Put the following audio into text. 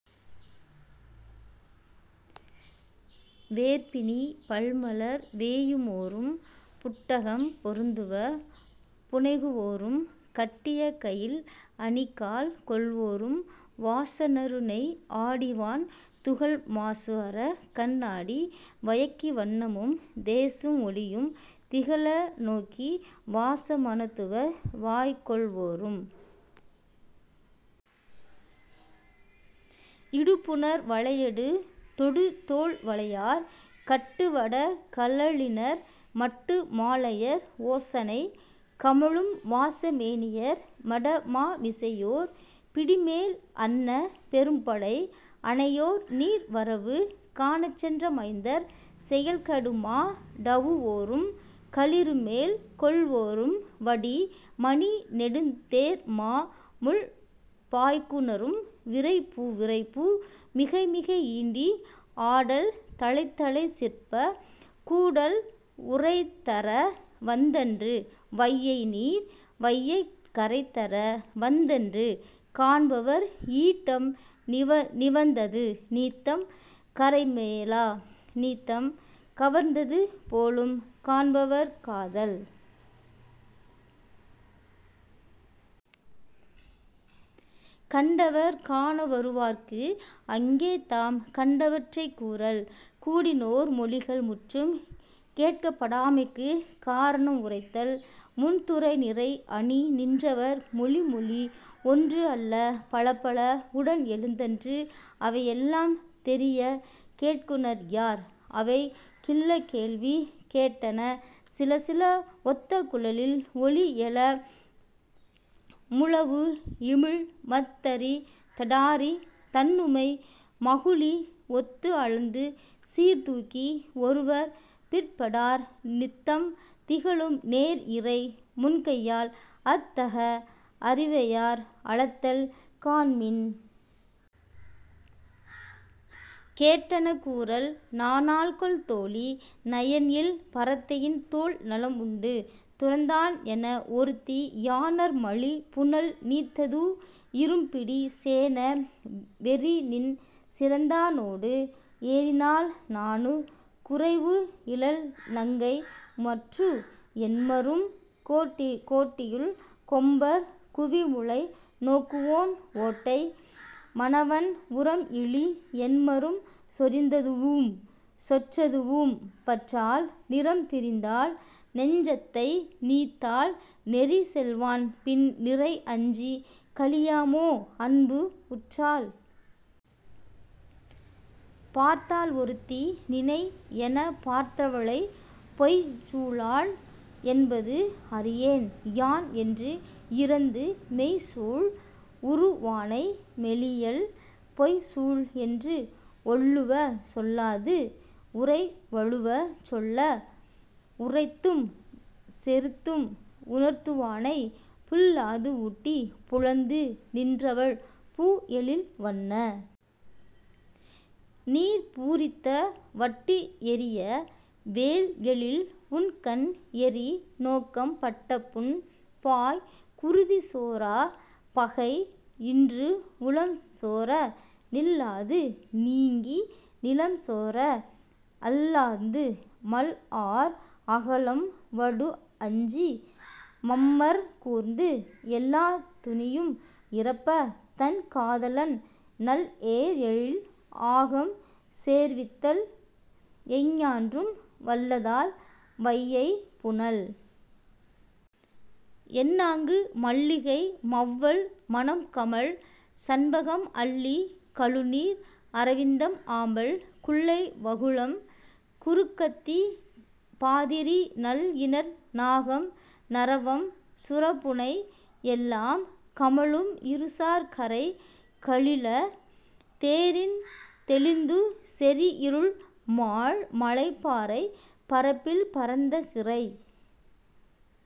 வேர் பிணி பல் மலர் வேயுமோரும் புட்டகம் பொருந்துவ புனைகுவோரும் கட்டிய கயில் அணி காழ் கொள்வோரும் வாச நறு நெய் ஆடி வான் துகள் மாசு அறக் கண்ணாடி வயக்கி வண்ணமும் தேசும் ஒளியும் திகழ நோக்கி வாச மணத் துவர் வாய்க் கொள்வோரும் இடு புணர் வளையடு தொடு தோள்வளையார் கட்டு வடக் கழலினர் மட்டு மாலையர் ஓசனை கமழும் வாச மேனியர் மட மா மிசையோர் பிடிமேல் அன்னப் பெரும் படை அனையோர் நீர் வரவு காணச் சென்ற மைந்தர் செயல் கடு மா டவுவோரும், களிறுமேல் கொள்வோரும் வடி மணி நெடுந் தேர் மா முள் பாய்க்குநரும் விரைபு விரைபு மிகை மிகை ஈண்டி, ஆடல் தலைத்தலை சிறப்ப கூடல் உரைதர வந்தன்று வையை நீர் வையைக் கரை தர வந்தன்று காண்பவர் ஈட்டம் நிவந்தது நீத்தம் கரைமேலா நீத்தம் கவர்ந்தது போலும் காண்பவர் காதல். கண்டவர் காணவருவார்க்கு அங்கே தாம் கண்டவற்றைக் கூறல் கூடினோர் மொழிகள் முற்றும் கேட்கப்படாமைக்குக் காரணம் உரைத்தல் முன் துறை நிறை அணி நின்றவர் மொழி மொழி ஒன்று அல பலபல உடன் எழுந்தன்று அவை எல்லாம் தெரியக் கேட்குநர் யார்? அவை கில்ல கேள்வி கேட்டன சிலசில ஒத்த குழலின் ஒலி எழ முழவு இமிழ் மத்தரி தடாரி தண்ணுமை மகுளி ஒத்து அளந்து சீர் தூக்கி ஒருவர் பிற்படார் நித்தம் திகழும் நேர் இறை முன்கையால் அத் தக அரிவையார் அளத்தல் காண்மின். கேட்டன கூறல் நாணாள்கொல் தோழி நயன் இல் பரத்தையின் தோள் நலம் உண்டு துறந்தான் என ஒருத்தி யாணர் மலி புனல் நீத்தத்து இரும் பிடி சேண வெரிநின் சிறந்தானோடு ஏறினாள் நாணுக் குறைவு இலள் நங்கை மற்று? என்மரும் கோட்டியுள் கொம்பர் குவி முலை நோக்குவோன் ஓட்டை மனவன் உரம் இலி என்மரும் சொறிந்ததூஉம் சொற்றதூஉம் பற்றாள் நிறம் திரிந்தாள் நெஞ்சத்தை நீத்தாள் நெறி செல்வான் பின் நிறை அஞ்சிக் கழியாமோ அன்பு உற்றால்? பார்த்தாள் ஒருத்தி நினை எனபார்த்தவளைப் பொய்ச் சூளாள் என்பது அறியேன் யான் என்று இரந்து மெய்ச் சூள் உறுவானை மெலியல் பொய்ச் சூள் என்று ஒல்லுவ சொல்லாது, உரை வழுவச் சொல்ல உறைத்தும் செறுத்தும் உணர்த்துவானைப் புல்லாது ஊடிப் புலந்து நின்றவள் பூ எழில் வண்ண நீர் பூரித்த வட்டு எறிய, வேல் எழில் உண்கண் எறி நோக்கம் பட்ட புண் பாய் குருதி சோர, பகை இன்று உளம் சோர, நில்லாது நீங்கி நிலம் சோர அல்லாந்து மல் ஆர் அகலம் வடு அஞ்சி, மம்மர் கூர்ந்து, எல்லாத் துனியும் இறப்ப, தன் காதலன் நல் ஏர் எழில் ஆகம் சேர்வித்தல் எஞ்ஞான்றும் வல்லதால் வையைப் புனல். என ஆங்கு மல்லிகை மௌவல் மணம் கமழ் சண்பகம் அல்லி கழுநீர் அரவிந்தம் ஆம்பல் குல்லை வகுளம் குருக்கத்தி பாதிரி நல் இணர் நாகம் நறவம் சுரபுன்னை எல்லாம் கமழும் இரு சார் கரை கலிழ தேறித் தெளிந்து செறி இருள் மால் மலை பாறைப் பரப்பில் பரந்த சிறை